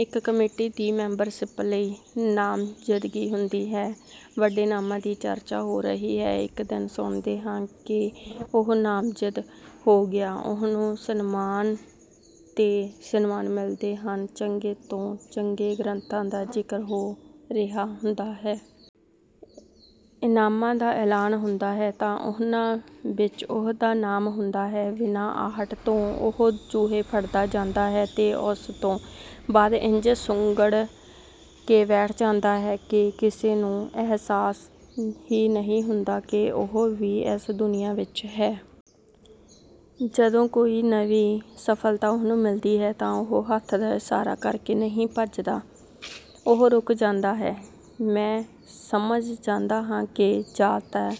ਇੱਕ ਕਮੇਟੀ ਦੀ ਮੈਂਬਰਸ਼ਿਪ ਲਈ ਨਾਮਜ਼ਦਗੀ ਹੁੰਦੀ ਹੈ। ਵੱਡੇ ਨਾਮਾਂ ਦੀ ਚਰਚਾ ਹੋ ਰਹੀ ਹੈ। ਇੱਕ ਦਿਨ ਸੁਣਦੇ ਹਾਂ ਕਿ ਉਹ ਨਾਮਜ਼ਦ ਹੋ ਗਿਆ। ਉਹਨੂੰ ਸਨਮਾਨ 'ਤੇ ਸਨਮਾਨ ਮਿਲਦੇ ਹਨ। ਚੰਗੇ ਤੋਂ ਚੰਗੇ ਗ੍ਰੰਥਾਂ ਦਾ ਜ਼ਿਕਰ ਹੋ ਰਿਹਾ ਹੁੰਦਾ ਹੈ। ਇਨਾਮਾਂ ਦਾ ਐਲਾਨ ਹੁੰਦਾ ਹੈ ਤਾਂ ਉਹਨਾਂ ਵਿੱਚ ਉਹਦਾ ਨਾਮ ਹੁੰਦਾ ਹੈ। ਬਿਨਾਂ ਆਹਟ ਤੋਂ ਉਹ ਚੂਹੇ ਫੜਦਾ ਜਾਂਦਾ ਹੈ ਤੇ ਉਸਤੋਂ ਬਾਅਦ ਇੰਝ ਸੁੰਗੜ ਕੇ ਬੈਠ ਜਾਂਦਾ ਹੈ ਕਿ ਕਿਸੇ ਨੂੰ ਅਹਿਸਾਸ ਹੀ ਨਹੀਂ ਹੁੰਦਾ ਕਿ ਉਹ ਵੀ ਇਸ ਦੁਨੀਆਂ ਵਿੱਚ ਹੈ। ਜਦੋਂ ਕੋਈ ਨਵੀਂ ਸਫਲਤਾ ਉਹਨੂੰ ਮਿਲਦੀ ਹੈ ਤਾਂ ਉਹ ਹੱਥ ਦਾ ਇਸ਼ਾਰਾ ਕਰਕੇ ਨਹੀਂ ਭੱਜਦਾ। ਉਹ ਰੁਕ ਜਾਂਦਾ ਹੈ। ਮੈਂ ਸਮਝ ਜਾਂਦਾ ਹਾਂ ਕਿ ਜਾਂ ਤਾਂ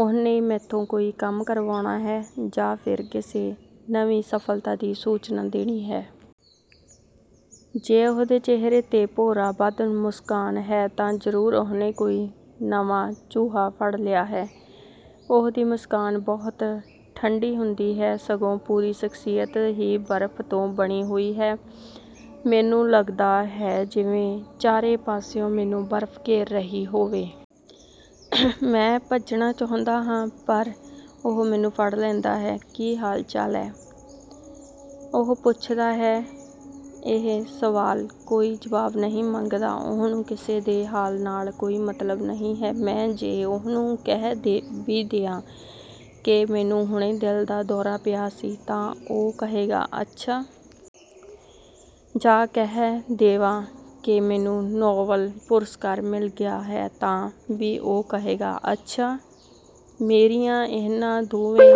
ਉਹਨੇ ਮੈਥੋਂ ਕੋਈ ਕੰਮ ਕਰਵਾਉਣਾ ਹੈ ਜਾਂ ਫਿਰ ਕਿਸੇ ਨਵੀਂ ਸਫਲਤਾ ਦੀ ਸੂਚਨਾ ਦੇਣੀ ਹੈ। ਜੇ ਉਹਦੇ ਚਿਹਰੇ 'ਤੇ ਭੋਰਾ ਵੱਧ ਮੁਸਕਾਨ ਹੈ ਤਾਂ ਜ਼ਰੂਰ ਉਹਨੇ ਕੋਈ ਨਵਾਂ ਚੂਹਾ ਫੜ ਲਿਆ ਹੈ। ਉਹਦੀ ਮੁਸਕਾਨ ਬਹੁਤ ਠੰਢੀ ਹੁੰਦੀ ਹੈ। ਸਗੋਂ ਪੂਰੀ ਸ਼ਖਸੀਅਤ ਹੀ ਬਰਫ ਤੋਂ ਬਣੀ ਹੋਈ ਹੈ। ਮੈਨੂੰ ਲੱਗਦਾ ਹੈ ਜਿਵੇਂ ਚਾਰੇ ਪਾਸਿਓਂ ਮੈਨੂੰ ਬਰਫ ਘੇਰ ਰਹੀ ਹੋਵੇ। ਮੈਂ ਭੱਜਣਾ ਚਾਹੁੰਦਾ ਹਾਂ, ਪਰ ਉਹ ਮੈਨੂੰ ਫੜ ਲੈਂਦਾ ਹੈ। "ਕੀ ਹਾਲ-ਚਾਲ ਹੈ?" ਉਹ ਪੁੱਛਦਾ ਹੈ। ਇਹ ਸਵਾਲ ਕੋਈ ਜਵਾਬ ਨਹੀਂ ਮੰਗਦਾ। ਉਹਨੂੰ ਕਿਸੇ ਦੇ ਹਾਲ ਨਾਲ ਕੋਈ ਮਤਲਬ ਨਹੀਂ ਹੈ। ਮੈਂ ਜੇ ਉਹਨੂੰ ਕਹਿ ਵੀ ਦਿਆਂ ਕਿ ਮੈਨੂੰ ਹੁਣੇ ਦਿਲ ਦਾ ਦੌਰਾ ਪਿਆ ਸੀ, ਤਾਂ ਉਹ ਕਹੇਗਾ, "ਅੱਛਾ।" ਜਾਂ ਕਹਿ ਦੇਵਾਂ ਕਿ ਮੈਨੂੰ ਨੋਬਲ ਪੁਰਸਕਾਰ ਮਿਲ ਗਿਆ ਹੈ ਤਾਂ ਵੀ ਉਹ ਕਹੇਗਾ, "ਅੱਛਾ।" ਮੇਰੀਆਂ ਇਹਨਾਂ ਦੋਵੇਂ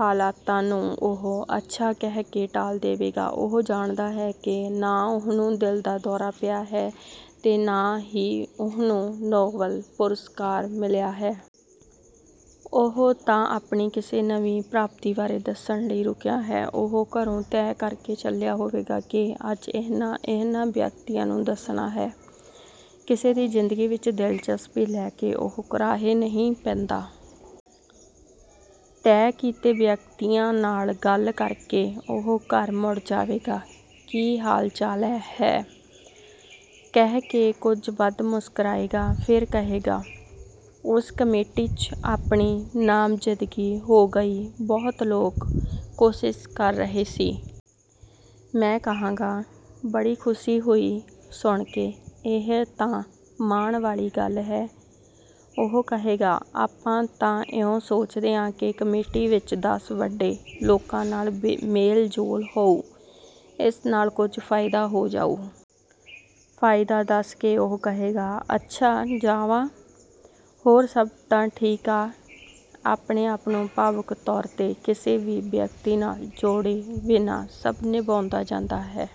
ਹਾਲਤਾਂ ਨੂੰ ਉਹ 'ਅੱਛਾ' ਕਹਿ ਕੇ ਟਾਲ ਦੇਵੇਗਾ। ਉਹ ਜਾਣਦਾ ਹੈ ਕਿ ਨਾ ਉਹਨੂੰ ਦਿਲ ਦਾ ਦੌਰਾ ਪਿਆ ਹੈ ਤੇ ਨਾ ਹੀ ਉਹਨੂੰ ਨੋਬਲ ਪੁਰਸਕਾਰ ਮਿਲਿਆ ਹੈ। ਉਹ ਤਾਂ ਆਪਣੀ ਕਿਸੇ ਨਵੀਂ ਪ੍ਰਾਪਤੀ ਬਾਰੇ ਦੱਸਣ ਲਈ ਰੁਕਿਆ ਹੈ। ਉਹ ਘਰੋਂ ਤੈਅ ਕਰਕੇ ਚੱਲਿਆ ਹੋਵੇਗਾ ਕਿ ਅੱਜ ਇਹਨਾਂ-ਇਹਨਾਂ ਵਿਅਕਤੀਆਂ ਨੂੰ ਦੱਸਣਾ ਹੈ। ਕਿਸੇ ਦੀ ਜ਼ਿੰਦਗੀ ਵਿੱਚ ਦਿਲਚਸਪੀ ਲੈ ਕੇ ਉਹ ਕੁਰਾਹੇ ਨਹੀਂ ਪੈਂਦਾ। ਤੈਅ ਕੀਤੇ ਵਿਅਕਤੀਆਂ ਨਾਲ ਗੱਲ ਕਰਕੇ ਉਹ ਘਰ ਮੁੜ ਜਾਵੇਗਾ। "ਕੀ ਹਾਲ-ਚਾਲ ਹੈ?" ਕਹਿ ਕੇ ਕੁਝ ਵੱਧ ਮੁਸਕਰਾਏਗਾ। ਫਿਰ ਕਹੇਗਾ, "ਉਸ ਕਮੇਟੀ 'ਚ ਆਪਣੀ ਨਾਮਜ਼ਦਗੀ ਹੋ ਗਈ। ਬਹੁਤ ਲੋਕ ਕੋਸ਼ਿਸ਼ ਕਰ ਰਹੇ ਸੀ।" ਮੈਂ ਕਹਾਂਗਾ, "ਬੜੀ ਖੁਸ਼ੀ ਹੋਈ ਸੁਣ ਕੇ। ਇਹ ਤਾਂ ਮਾਣ ਵਾਲੀ ਗੱਲ ਹੈ।" ਉਹ ਕਹੇਗਾ, "ਆਪਾਂ ਤਾਂ ਇਉਂ ਸੋਚਦੇ ਆਂ ਕਿ ਕਮੇਟੀ ਵਿੱਚ ਦਸ ਵੱਡੇ ਲੋਕਾਂ ਨਾਲ ਮੇਲ-ਜੋਲ ਹੋਊ। ਇਸ ਨਾਲ ਕੁਝ ਫਾਇਦਾ ਹੋ ਜਾਊ।" ਫਾਇਦਾ ਦੱਸ ਕੇ ਉਹ ਕਹੇਗਾ, "ਅੱਛਾ ਜਾਵਾਂ? ਹੋਰ ਸਭ ਤਾਂ ਠੀਕ ਆ?" ਆਪਣੇ ਆਪ ਨੂੰ ਭਾਵੁਕ ਤੌਰ 'ਤੇ ਕਿਸੇ ਵੀ ਵਿਅਕਤੀ ਨਾਲ ਜੋੜੇ ਬਿਨਾਂ ਸਭ ਨਿਭਾਉਂਦਾ ਜਾਂਦਾ ਹੈ।